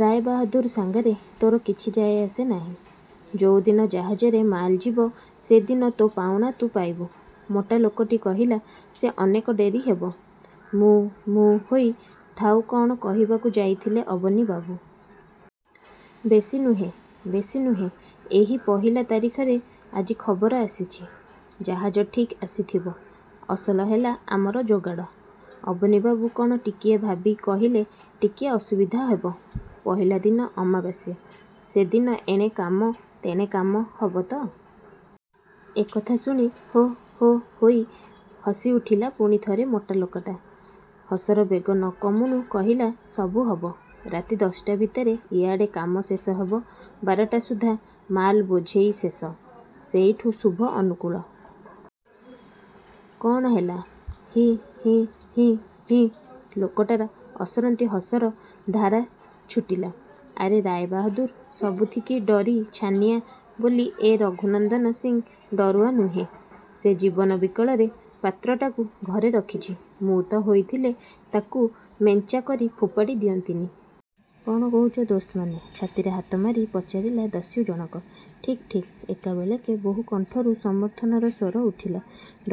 ରାୟବାହାଦୂର ସାଙ୍ଗରେ ତୋର କିଛି ଯାଏ ଆସେ ନାହିଁ। ଯୋଉ ଦିନ ଜାହାଜରେ ମାଲ ଯିବ, ସେ ଦିନ ତୋ ପାଉଣା ତୁ ପାଇବୁ। '' ମୋଟା ଲୋକଟି କହିଲା। ''ସେ ଅନେକ ଡେରି ହେବ ''। ମୁଁ-ମୁଁ ହୋଇ ଥାଉ କ'ଣ କହିବାକୁ ଯାଇଥିଲେ ଅବନୀବାବୁ। ''ବେଶୀ ନୁହେଁ, ବେଶୀ ନୁହେଁ; ଏଇ ପହିଲା ତାରିଖରେ। ଆଜି ଖବର ଆସିଛି। ଜାହାଜ ଠିକ୍ ଆସିଥିବ। ଅସଲ ହେଲା ଆମର ଯୋଗାଡ଼। '' ଅବନୀବାବୁ କ'ଣ ଟିକିଏ ଭାବି କହିଲେ-''ଟିକିଏ ଅସୁବିଧା ହେବ। ପହିଲା ଦିନ ଅମାବାସ୍ୟା। ସେ ଦିନ ଏଣେ କାମ, ତେଣେ କାମ; ହବ ତ? '' ଏ କଥା ଶୁଣି ହୋ' ହୋ' ହୋଇ ହସି ଉଠିଲା ପୁଣିଥରେ ମୋଟା ଲୋକଟା। ହସର ବେଗ ନ କମୁଣୁ କହିଲା-''ସବୁ ହବ। ରାତି ଦଶଟା ଭିତରେ ଇଆଡ଼େ କାମ ଶେଷ ହେବ; ବାରଟା ସୁଦ୍ଧା ମାଲ ବୋଝେଇ ଶେଷ। ସେଇଠୁ ଶୁଭ ଅନୁକୂଳ। କ'ଣ, ହେଲା? '' ହିଃ ହିଃ ହିଃ ହିଃ। ଲୋକଟାର ଅସରନ୍ତି ହସର ଧାରା ଛୁଟିଲା। ''ଆରେ ରାୟ ବାହାଦୂର ସବୁଥିକି ଡରି ଛାନିଆଁ ବୋଲି ଏ ରଘୁନନ୍ଦନ ସିଂ ଡରୁଆ ନୁହେଁ। ସେ ଜୀବନ ବିକଳରେ ପାତ୍ରଟାକୁ ଘରେ ରଖିଛି, ମୁଁ ତ ହୋଇଥିଲେ ତାକୁ ମେଞ୍ଚାକରି ଫୋପାଡ଼ି ଦିଅନ୍ତିନି। କ'ଣ କହୁଛ ଦୋସ୍ତମାନେ? '' ଛାତିରେ ହାତମାରି ପଚାରିଲା ଦସ୍ୟୁ ଜଣକ। ''ଠିକ୍, ଠିକ୍! '' ଏକାବେଳେକେ ବହୁ କଣ୍ଠରୁ ସମର୍ଥନର ସ୍ୱର ଉଠିଲା।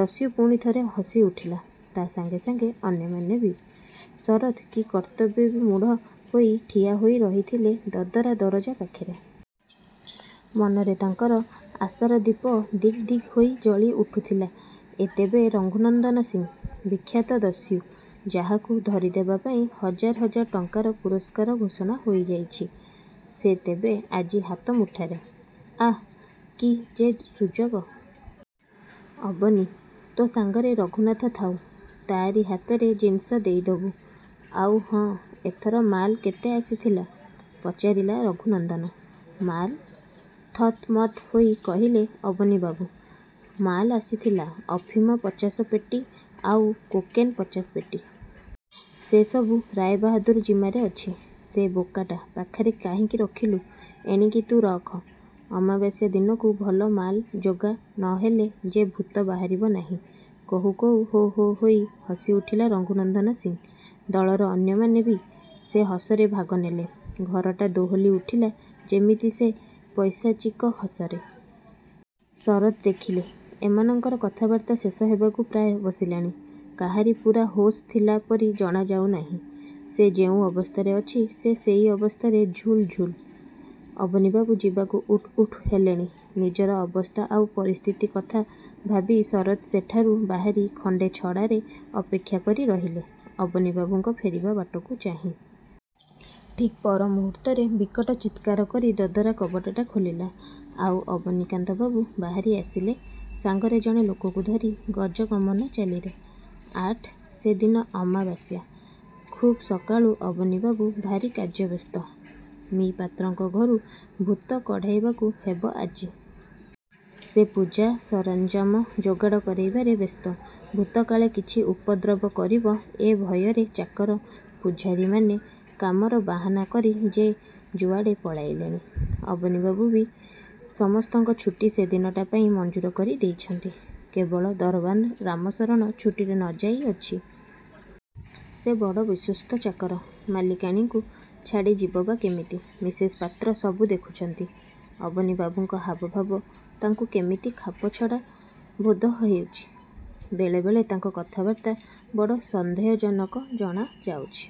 ଦସ୍ୟୁ ପୁଣିଥରେ ହସି ଉଠିଲା। ତା' ସାଙ୍ଗେ ସାଙ୍ଗେ ଅନ୍ୟମାନେ ବି। ଶରତ୍ କିଂକର୍ତ୍ତବ୍ୟବିମୂଢ଼ ହୋଇ ଠିଆ ହୋଇ ରହିଥିଲେ ଦଦରା ଦରଜା ପାଖରେ। ମନରେ ତାଙ୍କର ଆଶାର ଦୀପ ଦିକ୍ ଦିକ୍ ହୋଇ ଜଳି ଉଠୁଥିଲା। ''ଏ ତେବେ ରଘୁନନ୍ଦନ ସିଂ! ବିଖ୍ୟାତ ଦସ୍ୟୁ? ଯାହାକୁ ଧରିଦେବା ପାଇଁ ହଜାର୍ ହଜାର୍ ଟଙ୍କାର ପୁରସ୍କାର ଘୋଷଣା ହୋଇଯାଇଛି; ସେ ତେବେ ଆଜି ହାତ ମୁଠାରେ? ଆଃ! କି ଯେ ସୁଯୋଗ। '' ''ଅବନୀ! ତୋ ସାଙ୍ଗରେ ରଘୁନାଥ ଥାଉ। ତା'ରି ହାତରେ ଜିନିଷ ଦେଇଦେବୁ। ଆଉ ହଁ; ଏଥର ମାଲ କେତେ ଆସିଥିଲା? '' ପଚାରିଲା ରଘୁନନ୍ଦନ। ''ମାଲ୍? '' ଥତମତ ହୋଇ କହିଲେ ଅବନୀବାବୁ।। ମାଲ ଆସିଥିଲା-ଅଫିମ ପଚାଶ ପେଟି ଆଉ କୋକେନ୍ ପଚାଶ ପେଟି। ସେ ସବୁ ରାୟବାହାଦୂର ଜିମାରେ ଅଛି। '' ''ସେ ବୋକାଟା ପାଖରେ କାହିଁକି ରଖିଲୁ? ଏଣିକି ତୁ ରଖ। ଅମାବାସ୍ୟାଦିନକୁ ଭଲ ମାଲ ଯୋଗା; ନହେଲେ ଯେ ଭୂତ ବାହାରିବ ନାହିଁ। '' କହୁ କହୁ ହୋ-ହୋ ହୋଇ ହସି ଉଠିଲା ରଘୁନନ୍ଦନ ସିଂ। ଦଳର ଅନ୍ୟମାନେ ବି ସେ ହସରେ ଭାଗ ନେଲେ, ଘରଟା ଦୋହଲି ଉଠିଲା ଯେମିତି ସେ ପୈଶାଚିକ ହସରେ। ଶରତ୍ ଦେଖିଲେ, ଏମାନଙ୍କର କଥାବାର୍ତ୍ତା ଶେଷ ହେବାକୁ ପ୍ରାୟ ବସିଲାଣି। କାହାରି ପୂରା ହୋସ୍ ଥିଲା ପରି ଜଣାଯାଉ ନାହିଁ। ସେ ଯେଉଁ ଅବସ୍ଥାରେ ଅଛି, ସେ ସେଇ ଅବସ୍ଥାରେ ଝୁଲ୍ ଝୁଲ୍। ଅବନୀବାବୁ ଯିବାକୁ ଉଠ୍ ଉଠ୍ ହେଲେଣି। ନିଜର ଅବସ୍ଥା ଆଉ ପରିସ୍ଥିତି କଥା ଭାବି ଶରତ୍ ସେଠାରୁ ବାହାରି ଖଣ୍ଡେ ଛଡ଼ାରେ ଅପେକ୍ଷା କରି ରହିଲେ, ଅବନୀବାବୁଙ୍କ ଫେରିବା ବାଟକୁ ଚାହିଁ। ଠିକ୍ ପର ମୁହୂର୍ତ୍ତରେ ବିକଟ ଚିତ୍କାର କରି ଦଦରା କବାଟଟା ଖୋଲିଲା, ଆଉ ଅବନୀକାନ୍ତ ବାବୁ ବାହାରି ଆସିଲେ ସାଙ୍ଗରେ ଜଣେ ଲୋକକୁ ଧରି ଗଜଗମନ ଚାଲିରେ। -ଆଠ- ସେ ଦିନ ଅମାବାସ୍ୟା। ଖୁବ୍ ସକାଳୁ ଅବନୀବାବୁ ଭାରି କାର୍ଯ୍ୟବ୍ୟସ୍ତ। ମି: ପାତ୍ରଙ୍କ ଘରୁ ଭୂତ କଢ଼ାଇବାକୁ ହେବ ଆଜି। ସେ ପୂଜା ସରଞ୍ଜାମ ଯୋଗାଡ଼ କରାଇବାରେ ବ୍ୟସ୍ତ। ଭୂତ କାଳେ କିଛି ଉପଦ୍ରବ କରିବ-ଏ ଭୟରେ ଚାକର, ପୁଝାରୀମାନେ କାମର ବାହାନା କରି ଯେ ଯୁଆଡ଼େ ପଳାଇଲେଣି। ଅବନୀବାବୁ ବି ସମସ୍ତଙ୍କ ଛୁଟି ସେ ଦିନଟା ପାଇଁ ମଞ୍ଜୁର କରି ଦେଇଛନ୍ତି। କେବଳ ଦରଓ୍ୱାନ୍ ରାମଶରଣ ଛୁଟିରେ ନ ଯାଇ ଅଛି। ସେ ବଡ଼ ବିଶ୍ୱସ୍ତ ଚାକର। ମାଲିକାଣୀଙ୍କୁ ଛାଡ଼ି ଯିବ ବା କେମିତି? ମିସେସ୍ ପାତ୍ର ସବୁ ଦେଖୁଛନ୍ତି। ଅବନୀବାବୁଙ୍କ ହାବ ଭାବ ତାଙ୍କୁ କେମିତି ଖାପଛଡ଼ା ବୋଧ ହେଉଛି। ବେଳେ ବେଳେ ତାଙ୍କ କଥାବାର୍ତ୍ତା ବଡ଼ ସନ୍ଦେହଜନକ ଜଣା ଯାଉଛି।